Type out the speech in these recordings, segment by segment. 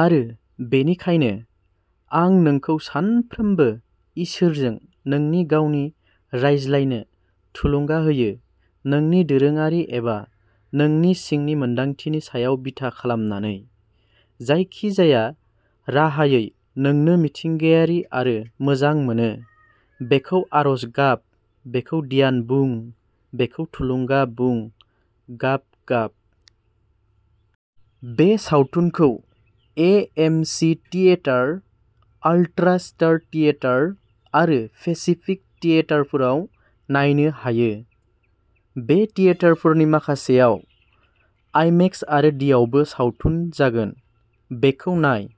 आरो बेनिखायनो, आं नोंखौ सानफ्रोमबो इसोरजों नोंनि गावनि रायज्लायनो थुलुंगा होयो, नोंनि दोरोङारि एबा नोंनि सिंनि मोनदांथिनि सायाव बिथा खालामनानै, जायखिजाया राहायै नोंनो मिथिंगायारि आरो मोजां मोनो। बेखौ आरज गाब, बेखौ ध्यान बुं, बेखौ थुलुंगा बुं, गाब गाब। बे सावथुनखौ A. M. C. Theatre, ultra star theatre आरो पेसिफिक थियेटारफोराव नायनो हायो। बे थियेटारफोरनि माखासेयाव आइमेक्स आरो डीआवबो सावथुन जागोन, बेखौ नाय!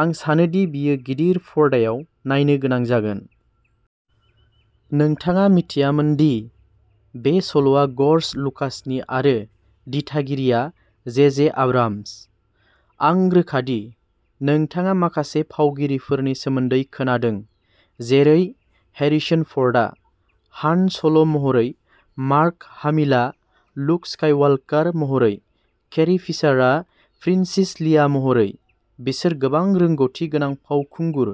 आं सानो दि बेयो गिदिर पर्दायाव नायनो गोनां जागोन। नोंथाङा मिथियामोन दि बे सल'आ ग'र्ज लुकासनि आरो दिथागिरिया जे. जे. आब्राम्स। आं रोखा दि नोंथाङा माखासे फावगिरिफोरनि सोमोन्दै खोनादों जेरै हेरिसन फ'र्डआ हान सल'महरै, मार्क हामिलआ लुक स्काइवाल्कार महरै, केरी फिशारआ प्रिन्सेस लिया महरै, बिसोर गोबां रोंग'थि गोनां फावखुंगुर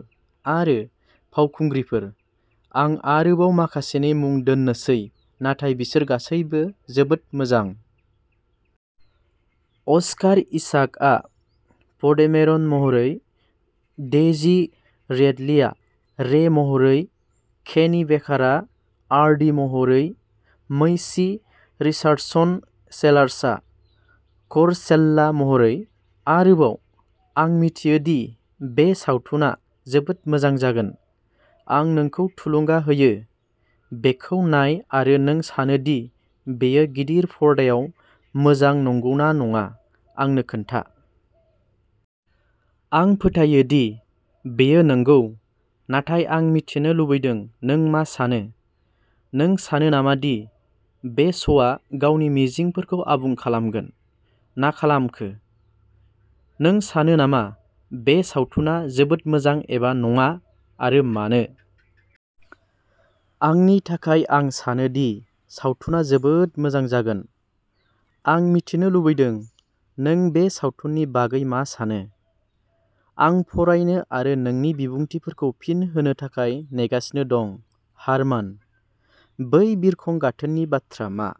आरो फावखुंग्रिफोर, आं आरोबाव माखासेनि मुं दोन्नोसै नाथाय बिसोर गासैबो जोबोद मोजां। अस्कार इसाकआ प'डेमेरन महरै, डेजी रिडलेया रे महरै, केनी बेकारआ आर डी महरै, मैसी रिचार्डसन सेलार्सआ कर सेल्ला महरै। आरोबाव, आं मिथियो दि बे सावथुना जोबोद मोजां जागोन। आं नोंखौ थुलुंगा होयो। बेखौ नाय आरो नों सानो दि बेयो गिदिर पर्दायाव मोजां नंगौ ना नङा आंनो खोन्था? आं फोथायो दि बेयो नंगौ, नाथाय आं मिथिनो लुबैदों नों मा सानो। नों सानो नामा दि बे श'आ गावनि मिजिंफोरखौ आबुं खालामगोन ना खालामखो? नों सानो नामा बे सावथुना जोबोद मोजां एबा नङा आरो मानो? आंनि थाखाय आं सानो दि सावथुना जोबोद मोजां जागोन। आं मिथिनो लुबैदों नों बे सावथुननि बागै मा सानो। आं फरायनो आरो नोंनि बिबुंथिफोरखौ फिन होनो थाखाय नेगासिनो दं। हारमानः बै बिरखं गाथोननि बाथ्रा मा?